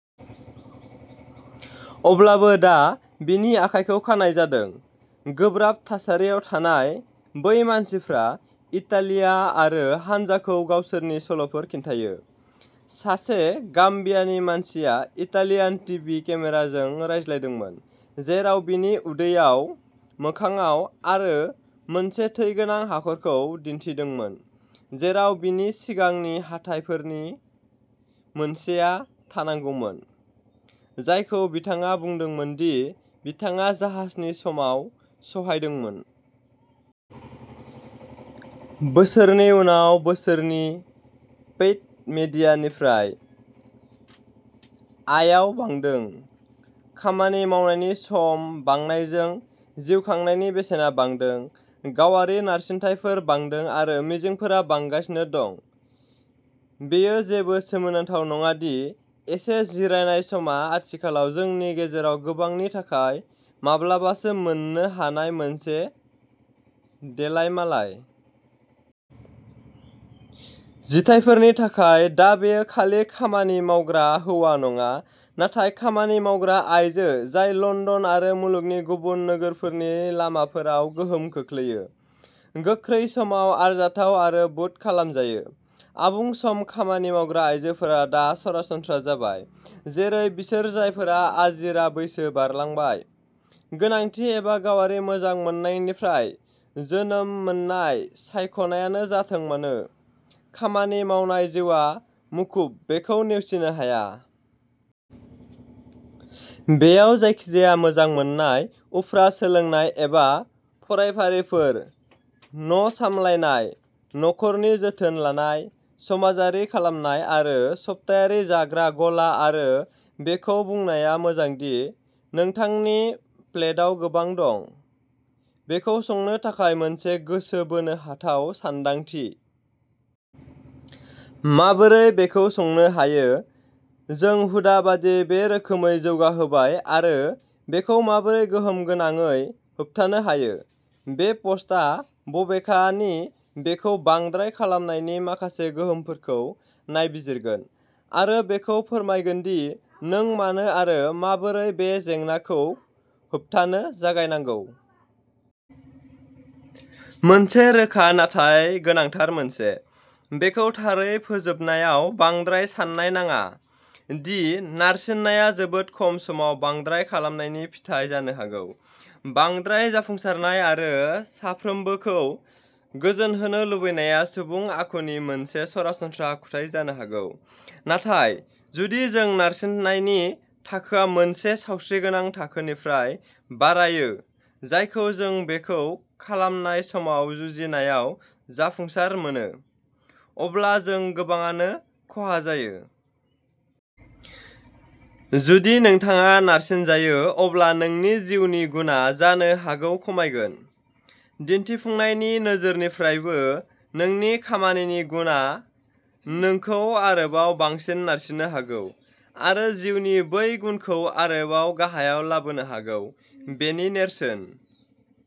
" अब्लाबो दा, बिनि आखाइखौ खानाय जादों। गोब्राब थासारियाव थानाय बै मानसिफ्रा इटालिया आरो हानजाखौ गावसोरनि सल'फोर खिन्थायो। सासे गाम्बियानि मानसिया इटालियान टिभि केमेराजों रायज्लायदोंमोन, जेराव बिनि उदैयाव, मोखांआव आरो मोनसे थै गोनां हाखरखौ दिन्थिदोंमोन जेराव बिनि सिगांनि हाथाइफोरनि मोनसेआ थानांगौमोन, जायखौ बिथाङा बुंदोंमोन दि बिथाङा जाहाजनि समाव सहायदोंमोन। बोसोरनि उनाव बोसोरनि पेइड मिडियानिफ्राय आयाव बांदों। खामानि मावनायनि सम बांनायजों, जिउ खांनायनि बेसेना बांदों, गावारि नारसिनथायफोर बांदों आरो मिजिंफोरा बांगासिनो दं, बेयो जेबो सोमोनांथाव नङा दि एसे जिरायनाय समआ आथिखालाव जोंनि गेजेराव गोबांनि थाखाय माब्लाबासो मोननो हानाय मोनसे देलायमालाय। जिथायफोरनि थाखाय दा बेयो खालि खामानि मावग्रा हौवा नङा, नाथाय खामानि मावग्रा आइजो जाय लन्दन आरो मुलुगनि गुबुन नोगोरफोरनि लामाफोराव गोहोम खोख्लैयो, गोख्रै समाव आरजाथाव आरो बुट खालामजायो। आबुं सम खामानि मावग्रा आइजोफोरा दा सरासनस्रा जाबाय जेरै बिसोर जायफोरा आजिरा बैसो बारलांबाय; गोनांथि एबा गावारि मोजां मोननायनिफ्राय जोनोम मोननाय सायख'नायानो जाथों मानो, खामानि मावनाय जिउआ मुखुब बेखौ नेवसिनो हाया। बेयाव जायखिजाया मोजां मोननाय, उफ्रा सोलोंनाय एबा फरायफारिफोर, न'सामलायनाय, नखरनि जोथोन लानाय, समाजारि खालामनाय आरो सप्तायारि जाग्रा गला आरो बेखौ बुंनाया मोजां दि नोंथांनि प्लेटाव गोबां दं। बेखौ संनो थाखाय मोनसे गोसो बोनो हाथाव सानदांथि। माबोरै बेखौ संनो हायो। जों हुदा बायदियै बे रोखोमै जौगाहोबाय आरो बेखौ माबोरै गोहोम गोनाङै होबथानो हायो, बे पस्टआ बबेखानि बेखौ "बांद्राय" खालामनायनि माखासे गोहोमफोरखौ नायबिजिरगोन आरो बेखौ फोरमायगोन दि नों मानो आरो माबोरै बे जेंनाखौ होबथानो जागायनांगौ। मोनसे रोखा नाथाय गोनांथार मोनसे। बेखौ थारै फोजोबनायाव बांद्राय सान्नाय नाङा दि नारसिननाया जोबोद खम समाव बांद्राय खालामनायनि फिथाय जानो हागौ। बांद्राय जाफुंसारनाय आरो साफ्रोमखौबो गोजोनहोनो लुबैनाया सुबुं आखुनि मोनसे सरासनस्रा आखुथाइ जानो हागौ, नाथाय जुदि जोंनि नारसिननायनि थाखोआ मोनसे सावस्रिगोनां थाखोनिफ्राय बारायो जायखौ जों बेखौ खालामनाय समाव जुजिनायाव जाफुंसार मोनो, अब्ला जों गोबाङैनो खहा जायो। जुदि नोंथाङा नारसिनजायो अब्ला नोंनि जिउनि गुनआ जानो हागौ खमायगोन। दिन्थिफुंनायनि नोजोरनिफ्रायबो नोंनि खामानिनि गुनआ नोंखौ आरोबाव बांसिन नारसिननो हागौ आरो जिउनि बै गुनखौ आरोबाव गाहायाव लाबोनो हागौ-बेनि नेरसोन।